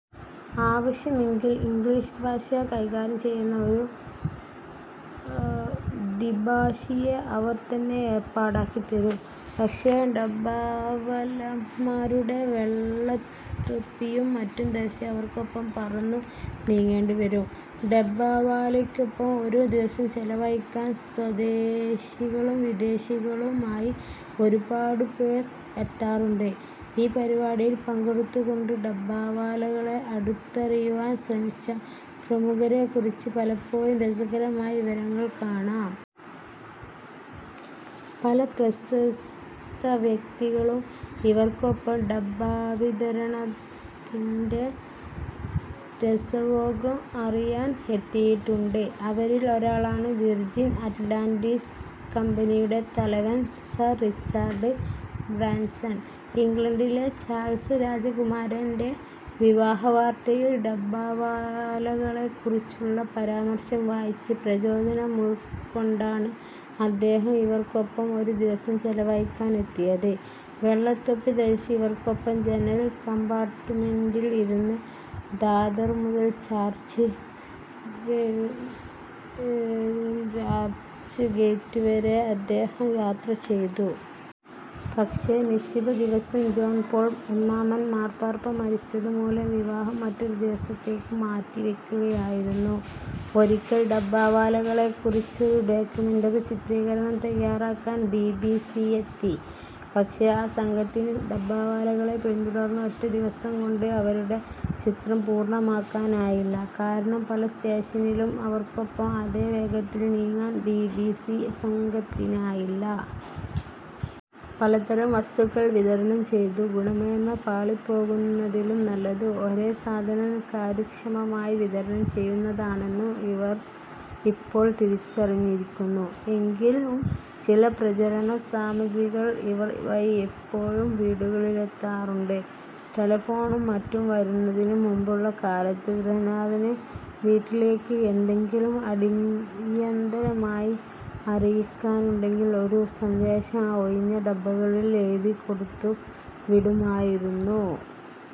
ആവശ്യമെങ്കിൽ ഇംഗ്ലീഷ് ഭാഷ കൈകാര്യം ചെയ്യുന്ന ഒരു ദ്വിഭാഷിയെ അവർ തന്നെ ഏർപ്പാടാക്കി തരും. പക്ഷേ ഡബ്ബാവാലമാരുടെ വെള്ളത്തൊപ്പിയും മറ്റും ധരിച്ച് അവർക്കൊപ്പം "പറന്നു" നീങ്ങേണ്ടിവരും. ഡബ്ബാവാലയ്ക്കൊപ്പം ഒരു ദിവസം ചെലവഴിക്കാൻ സ്വദേശികളും വിദേശികളുമായി ഒരുപാടുപേർ എത്താറുണ്ട്. ഈ പരിപാടിയിൽ പങ്കെടുത്തുകൊണ്ട് ഡബ്ബാവാലകളെ അടുത്തറിയുവാൻ ശ്രമിച്ച പ്രമുഖരെക്കുറിച്ച് പലപ്പോഴും രസകരമായ വിവരണങ്ങൾ കാണാം. പല പ്രശസ്തവ്യക്തികളും ഇവർക്കൊപ്പം ഡബ്ബാവിതരണത്തിന്റെ രസവേഗം അറിയാൻ എത്തിയിട്ടുണ്ട്. അവരിൽ ഒരാളാണ് വിർജിൻ അറ്റ്ലാന്റിസ് കമ്പനിയുടെ തലവൻ സർ റിച്ചാർഡ് ബ്രാൻസൺ. ഇംഗ്ലണ്ടിലെ ചാൾസ് രാജകുമാരന്റെ വിവാഹവാർത്തയിൽ ഡബ്ബാവാലകളെക്കുറിച്ചുള്ള പരാമർശം വായിച്ച് പ്രചോദനമുൾക്കൊണ്ടാണ് അദ്ദേഹം ഇവർക്കൊപ്പം ഒരു ദിവസം ചെലവഴിക്കാൻ എത്തിയത്. വെള്ളത്തൊപ്പി ധരിച്ച് ഇവർക്കൊപ്പം ജനറൻ കമ്പാർട്ടുമെന്റിൽ ഇരുന്ന് ദാദർ മുതൽ ചർച്ച് ഗേറ്റുവരെ അദ്ദേഹം യാത്ര ചെയ്തു. പക്ഷേ നിശ്ചിതദിവസം ജോൺ പോൾ ഒന്നാമൻ മാർപ്പാപ്പ മരിച്ചതു മൂലം വിവാഹം മറ്റൊരു ദിവസത്തേക്ക് മാറ്റി വയ്ക്കുകയായിരുന്നു. ഒരിക്കൽ ഡബ്ബാവാലകളെ കുറിച്ചൊരു ഡോക്യുമെന്ററി ചിത്രീകരണം തയ്യാറാക്കാൻ ബീ ബീ സി എത്തി. പക്ഷേ ആ സംഘത്തിനു ഡബ്ബാവാലകളെ പിന്തുടർന്ന് ഒറ്റദിവസംകൊണ്ട് അവരുടെ ചിത്രം പൂർണ്ണമാക്കാനായില്ല. കാരണം പലസ്റ്റേഷനിലും അവർക്കൊപ്പം അതേ വേഗത്തിൽ നീങ്ങാൻ ബീ ബീ സി സംഘത്തിനായില്ല. പലതരം വസ്തുക്കൾ വിതരണം ചെയ്തു ഗുണമേന്മ പാളിപ്പോകുന്നതിലും നല്ലത് ഒരേ സാധനം കാര്യക്ഷമമായി വിതരണം ചെയ്യുന്നതാണെന്നു അവർ ഇപ്പോൾ തിരിച്ചറിഞ്ഞിരിക്കുന്നു. എങ്കിലും ചില പ്രചരണസാമിഗ്രികൾ ഇവർ വഴി ഇപ്പോഴും വീടുകളിലെത്താറുണ്ട്. ടെലഫോണും മറ്റും വരുന്നതിനു മുൻപുള്ള കാലത്ത് ഗൃഹനാഥനു് വീട്ടിലേക്ക് എന്തെങ്കിലും അടിയന്തരമായി അറിയിക്കാനുണ്ടെങ്കിൽ ഒരു സന്ദേശം ആ ഒഴിഞ്ഞ ഡബ്ബകളിൽ എഴുതി കൊടുത്തു വിടുമായിരുന്നു.